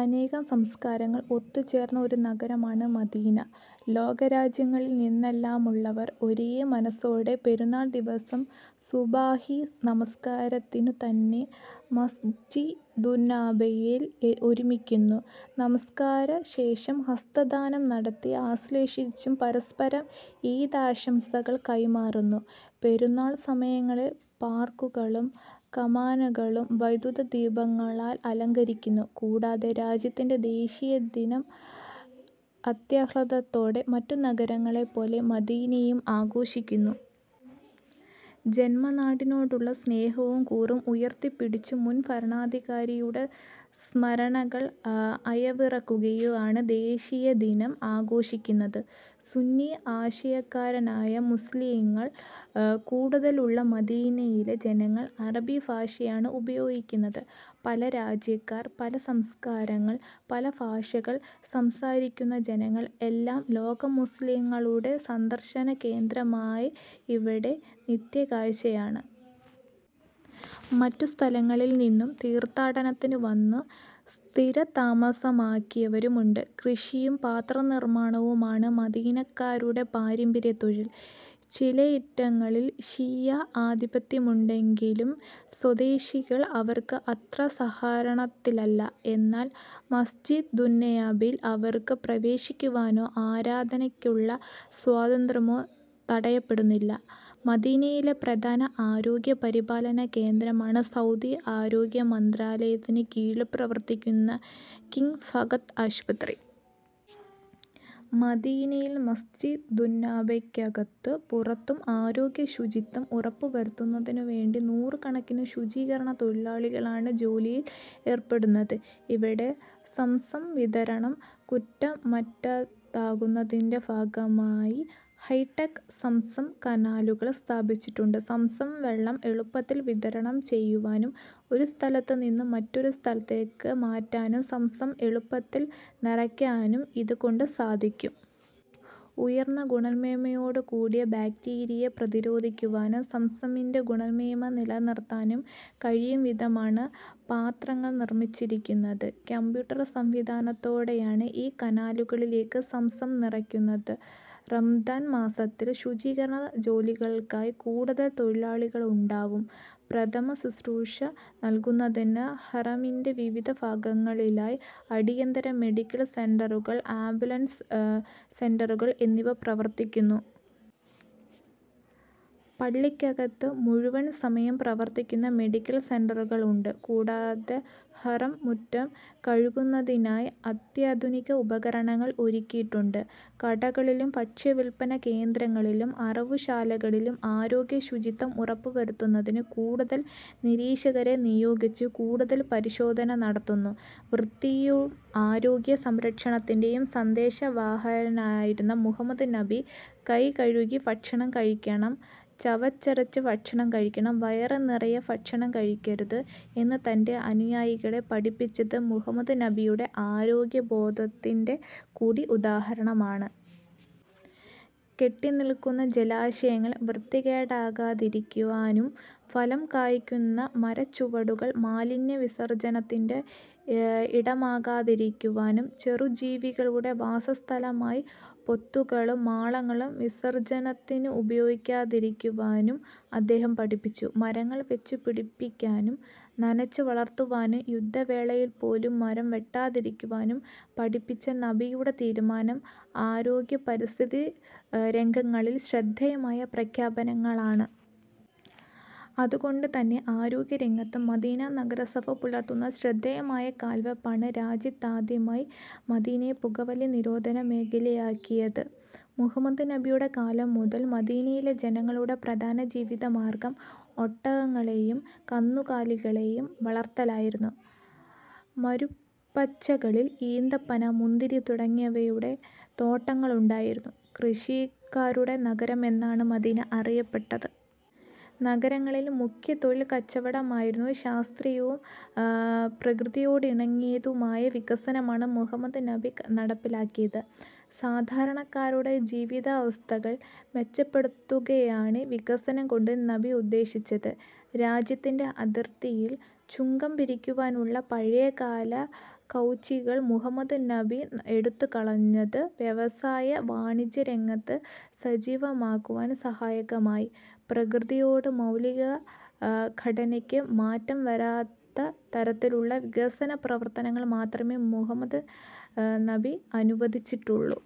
അനേകം സംസ്കാരങ്ങൾ ഒത്തുചേർന്ന ഒരു നഗരമാണ് മദീന. ലോകരാജ്യങ്ങളിൽ നിന്നെല്ലാമുള്ളവർ ഒരേ മനസ്സോടെ പെരുന്നാൾ ദിവസം സുബഹി നമസ്കാരത്തിനു തന്നെ മസ്ജിദുന്നബവിയിൽ ഒരുമിക്കുന്നു. നമസ്കാരശേഷം ഹസ്തദാനം നടത്തിയും ആശ്ളേഷിച്ചും പരസ്പരം ഈദാശംസകൾ കൈമാറുന്നു. പെരുന്നാൾ സമയങ്ങളിൽ പാർക്കുകളും കമാനങ്ങളും വൈദ്യുതദീപങ്ങളാൽ അലങ്കരിക്കുന്നു. കൂടാതെ രാജ്യത്തിന്റെ ദേശീയദിനം അത്യാഹ്ളാദത്തോടെ മറ്റു നഗരങ്ങളെ പോലെ മദീനയിലും ആഘോഷിക്കുന്നു. ജന്മനാടിനോടുള്ള സ്നേഹവും കൂറും ഉയർത്തിപ്പിടിച്ചും മുൻ ഭരണാധികാരികളുടെ സ്മരണകൾ അയവിറക്കിയും ആണ് ദേശീയദിനം ആഘോഷിക്കുന്നത്. സുന്നി ആശയക്കാരായ മുസ്ലിങ്ങൾ കൂടുതലുള്ള മദീനയിലെ ജനങ്ങൾ അറബി ഭാഷയാണ് ഉപയോഗിക്കുന്നത്. പല രാജ്യക്കാർ, പല സംസ്കാരങ്ങൾ, പല ഭാഷകൾ സംസാരിക്കുന്ന ജനങ്ങൾ എല്ലാം ലോക മുസ്ലിംകളുടെ സന്ദർശനകേന്ദ്രമായ ഇവിടെ നിത്യകാഴ്ചയാണ്. മറ്റു സ്ഥലങ്ങളിൽ നിന്നും തീർഥാടനത്തിനു വന്നു സ്ഥിരതാമസമാക്കിയവരും ഉണ്ട്. കൃഷിയും പാത്രനിർമ്മാണവും ആണ് മദീനക്കാരുടെ പാരമ്പര്യ തൊഴിൽ. ചിലയിറ്റങ്ങളിൽ ശിയ ആദിപത്യമുണ്ടങ്കിലും സ്വദേശികൾ അവർക്ക് അത്ര സഹകരണത്തിലല്ല. എന്നാൽ മസ്ജിദുന്നബയിൽ അവർക്ക് പ്രവേശിക്കാനോ ആരാധനക്കുള്ള സ്വാതന്ത്രമോ തടയപ്പെടുന്നില്ലാ.. മദീനയിലെ പ്രധാന ആരോഗ്യ പരിപാലന കേന്ദ്രമാണ് സൗദി ആരോഗ്യ മന്ത്രാലയത്തിന് കീഴിൽ പ്രവർത്തിക്കുന്ന കിങ് ഫഹദ് ആശുപത്രി.. മദീനയിൽ മസ്ജിദുന്നബവിക്കകത്തും പുറത്തും ആരോഗ്യ ശുചിത്വം ഉറപ്പുവരുത്തുന്നതിന് വേണ്ടി നൂറുകണക്കിന് ശുചികരണ തൊഴിലാളികളാണ് ജോലിയിലെർപ്പെടുന്നത്. ഇവിടെ സംസം വിതരണം കുറ്റമറ്റതാക്കുന്നതിന്റെ ഭാഗമായി ഹൈടെക് സംസം കാനുകൾ സ്ഥാപിച്ചിട്ടുണ്ട്. സംസം വെള്ളം എളുപ്പത്തിൽ വിതരണം ചെയ്യാനും ഒരുസ്ഥലത്ത് നിന്ന് മറ്റൊരു സ്ഥലത്തേക്ക് മാറ്റാനും സംസം എളുപ്പത്തിൽ നിറക്കാനും ഇത് കൊണ്ട് സാധിക്കും. ഉയർന്ന ഗുണമേന്മയോട് കൂടിയ ബാക്ടീരിയയെ പ്രതിരോധിക്കാനും സംസമിന്റെ ഗുണമേന്മ നിലനിർത്താനും കഴിയും വിധമാണ് പാത്രങ്ങൾ നിർമിച്ചിരിക്കുന്നത്. കമ്പ്യൂട്ടർ സംവിധാനത്തോടെയാണ് ഈ കാനുകളിലേക്ക് സംസം നിറക്കുന്നത്. റമദാൻ മാസത്തിൽ ശുചീകരണ ജോലികൾക്കായി കൂടുതൽ തൊഴിലാളികളുണ്ടാവും. പ്രഥമശുശ്രൂഷ നൽകുന്നതിന് ഹറമിന്റ വിവിധ ഭാഗങ്ങളിലായി അടിയന്തര മെഡിക്കൽ സെന്ററുകൾ, ആംബുലൻസ് സെന്ററുകൾ എന്നിവ പ്രവർത്തിക്കുന്നു. പള്ളിക്കകത്ത് മുഴുസമയം പ്രവർത്തിക്കുന്ന മെഡിക്കൽ സെന്ററുകൾ ഉണ്ട്. കൂടാതെ ഹറം മുറ്റം കഴുകുന്നതിനായി അത്യാധുനിക ഉപകരണങ്ങൾ ഒരുക്കിയിട്ടുണ്ട്. കടകളിലും ഭക്ഷ്യവിൽപന കേന്ദ്രങ്ങളിലും അറവുശാലകളിലും ആരോഗ്യ ശുചിത്വം ഉറപ്പുവരുത്തുന്നതിന് കൂടുതൽ നിരീക്ഷകരെ നിയോഗിച്ച് കൂടുതൽ പരിശോധന നടത്തുന്നു. വൃത്തിയുടെയും ആരോഗ്യ സംരക്ഷണത്തിന്റെയും സന്ദേശവാഹകനായിരുന്നു മുഹമ്മദ് നബി. കൈകഴുകി ഭക്ഷണം കഴിക്കണം, ചവച്ചരച്ച് ഭക്ഷണം കഴിക്കണം, വയറ് നിറയെ ഭക്ഷണം കഴിക്കരുത് എന്ന് തന്റെ അനുയായികളെ പഠിപ്പിച്ചത് മുഹമ്മദ് നബിയുടെ ആരോഗ്യ ബോധത്തിന്റെ കൂടി ഉദാഹരണമാണ്. കെട്ടിനിൽക്കുന്ന ജലാശയങ്ങൾ വൃത്തികേടാക്കാതിരിക്കാനും ഫലം കായ്ക്കുന്ന മരച്ചുവടുകൾ മാലിന്യ വിസർജനത്തിന്റെ ഇടമാക്കാതിരിക്കാനും ചെറുജീവികളുടെ വാസസ്ഥലമായ പൊത്തുകളും മാളങ്ങളും വിസർജനത്തിന് ഉപയോഗിക്കാതിരിക്കാനും അദ്ദേഹം പഠിപ്പിച്ചു. മരങ്ങൾ വെച്ച് പിടിപ്പിക്കാനും നനച്ച് വളർത്താനും യുദ്ധവേളയിൽ പോലും മരം വെട്ടാതിരിക്കാനും പഠിപ്പിച്ച നബിയുടെ തീരുമാനം ആരോഗ്യ പരിസ്ഥിതി രംഗങ്ങളിൽ ശ്രദ്ധേയമായ പ്രഖ്യാപനങ്ങളാണ്. അത് കൊണ്ട് തന്നെ ആരോഗ്യ രംഗത്ത് മദീന നഗരസഭ പുലർത്തുന്ന ശ്രദ്ധേയമായ കാൽവെപ്പാണ് രാജ്യത്താദ്യമായി മദീനയെ പുകവലി നിരോധന മേഖലയാക്കിയത്. മുഹമ്മദ് നബിയുടെ കാലം മുതൽ മദീനയിലെ ജനങ്ങളുടെ പ്രധാന ജീവിതമാർഗ്ഗം ഒട്ടകങ്ങളെയും കന്നുകാലികളെയും വളർത്തലായിരുന്നു. മരുപ്പച്ചകളിൽ ഈന്തപ്പന, മുന്തിരി തുടങ്ങിയവയുടെ തോട്ടങ്ങളുണ്ടായിരുന്നു. കൃഷിക്കാരുടെ നഗരം എന്നാണ് മദീന അറിയപ്പെട്ടത്. നഗരങ്ങളിൽ മുഖ്യതൊഴിൽ കച്ചവടമായിരുന്നു. ശാസ്ത്രീയവും പ്രക്രതിയോടിണങ്ങുന്നതുമായ വികസനം ആണ് മുഹമ്മദ് നബി നടപ്പാക്കിയത്. സാധാരണക്കാരുടെ ജീവിതാവസ്ഥകൾ മെച്ചപ്പെടുത്തുകയാണ് വികസനം കൊണ്ട് നബി ഉദ്ദേശിച്ചത്. രാജ്യത്തിന്റെ അതിർത്തിയിൽ ചുങ്കം പിരിക്കാനുള്ള പഴയകാല ചൗക്കികൾ മുഹമ്മദ് നബി എടുത്ത് കളഞ്ഞത് വ്യവസായ-വാണിജ്യ രംഗത്തെ സജീവമാക്കാൻ സഹായകമായി. പ്രകൃതിയുടെ മൗലിക ഘടനക്ക് മാറ്റം വരാത്ത തരത്തിലുള്ള വികസന പ്രവർത്തനങ്ങൾ മാത്രമേ മുഹമ്മദ് നബി അനുവദിച്ചിട്ടുള്ളൂ.